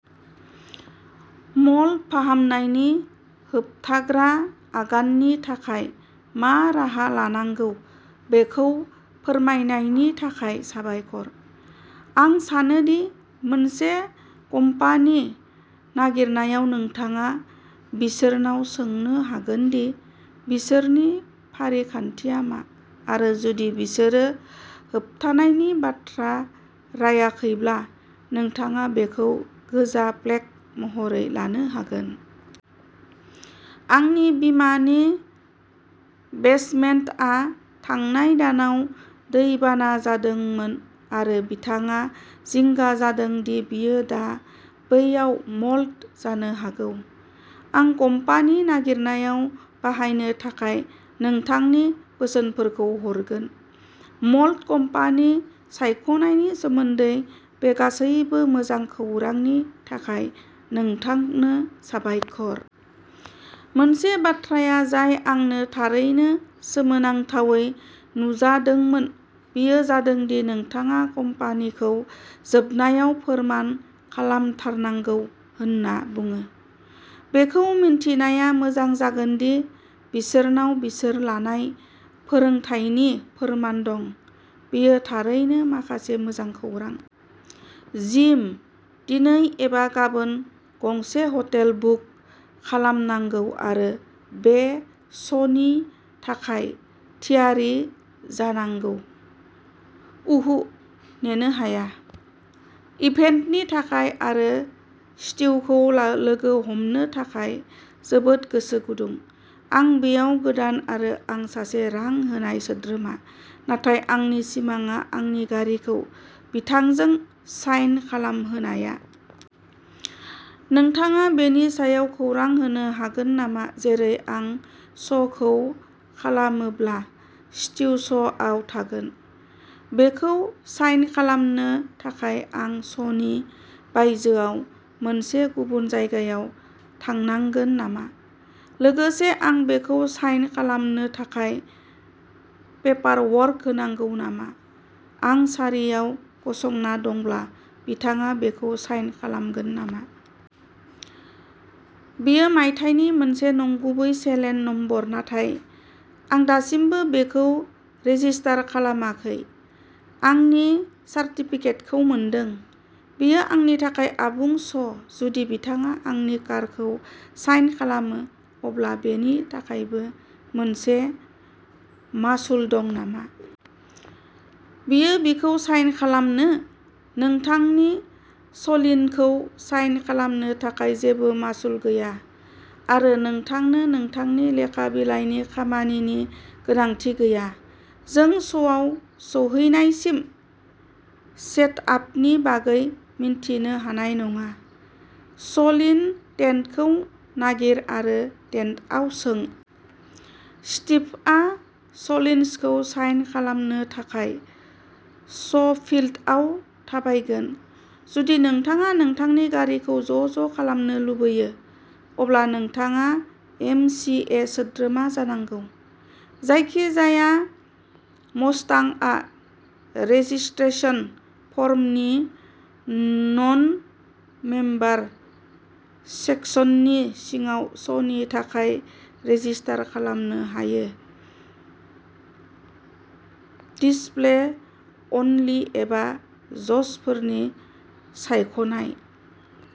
Mould फाहामनायनि होबथाग्रा आगाननि थाखाय मा राहा लानांगौ बेखौ फोरमायनायनि थाखाय साबायखर। आं सानो दि मोनसे कम्पानि नागिरनायाव नोंथाङा बिसोरनाव सोंनो हागोन दि बिसोरनि फारिखान्थिआ मा, आरो जुदि बिसोरो होबथानायनि बाथ्रा रायाखैब्ला नोंथाङा बेखौ गोजा फ्लेग महरै लानो हागोन। आंनि बिमानि बेसमेन्टआ थांनाय दानाव दैबाना जादोंमोन आरो बिथाङा जिंगा जादों दि बियो दा बैयाव मोल्ड जानो हागौ। आं कम्पानी नागिरनायाव बाहायनो थाखाय नोंथांनि बोसोनफोरखौ हरगोन। मोल्ड कम्पानि सायख'नायनि सोमोन्दै बे गासैबो मोजां खौरांनि थाखाय नोंथांनो साबायखर! मोनसे बाथ्राया जाय आंनो थारैनो सोमोनांथावै नुजादोंमोन बेयो जादों दि नोंथाङा कम्पानिखौ जोबनायाव फोरमान खालामथारनांगौ होनना बुङो। बेखौ मिन्थिनाया मोजां जागोन दि बिसोरनाव बिसोर लानाय फोरोंथायनि फोरमान दं। बेयो थारैनो माखासे मोजां खौरां। जिम! दिनै एबा गाबोन गंसे हटेल बुक खालामनांगौ आरो बे श'नि थाखाय थियारि जानांगौ! उहु! नेनो हाया! इभेन्टनि थाखाय आरो स्टीवखौ लोगो हमनो थाखाय जोबोद गोसो गुदुं!! आं बेयाव गोदान आरो आं सासे रां होनाय सोद्रोमा, नाथाय आंनि सिमांआ आंनि गारिखौ बिथांजों साइन खालामहोनाया। नोंथाङा बेनि सायाव खौरां होनो हागोन नामा जेरै आं श'खौ खालामोब्ला स्टीव श'आव थागोन? बेखौ साइन खालामनो थाखाय आं श'नि बायजोआव मोनसे गुबुन जायगायाव थांनांगोन नामा? लोगोसे आं बेखौ साइन खालामनो थाखाय पेपारवर्क होनांगौ नामा, आं सारियाव गसंना दंब्ला बिथाङा बेखौ साइन खालामगोन नामा। बेयो मायथाइनि मोनसे नंगुबै सेलेन नम्बर नाथाय आं दासिमबो बेखौ रेजिस्टार खालामाखै, आंनि सार्टिफिकेटखौ मोनदों। बेयो आंनि थाखाय आबुं श ', जुदि बिथाङा आंनि कारखौ साइन खालामो, अब्ला बेनि थाखायबो मोनसे मासुल दं नामा? बियो बेखौ साइन खालामनो? नोंथांनि सलीनखौ साइन खालामनो थाखाय जेबो मासुल गैया, आरो नोंथांनो नोंथांनि लेखा बिलाइनि खामानिनि गोनांथि गैया। जों श'आव सौहैनायसिम सेटआपनि बागै मिन्थिनो हानाय नङा। सलीन टेन्टखौ नागिर आरो टेन्टआव सों। स्टिभआ सलिन्सखौ साइन खालामनो थाखाय श'फील्डआव थाबायगोन। जुदि नोंथाङा नोंथांनि गारिखौ जज खालामनो लुगैयो, अब्ला नोंथाङा एम. चि. ए. सोद्रोमा जानांगौ। जायखिजाया मस्टांआ रेजिस्ट्रेशन फर्मनि नन-मेम्बार सेक्सननि सिङाव श'नि थाखाय रेजिस्टार खालामनो हायो-डिसप्ले अनलि एबा जजफोरनि सायख'नाय।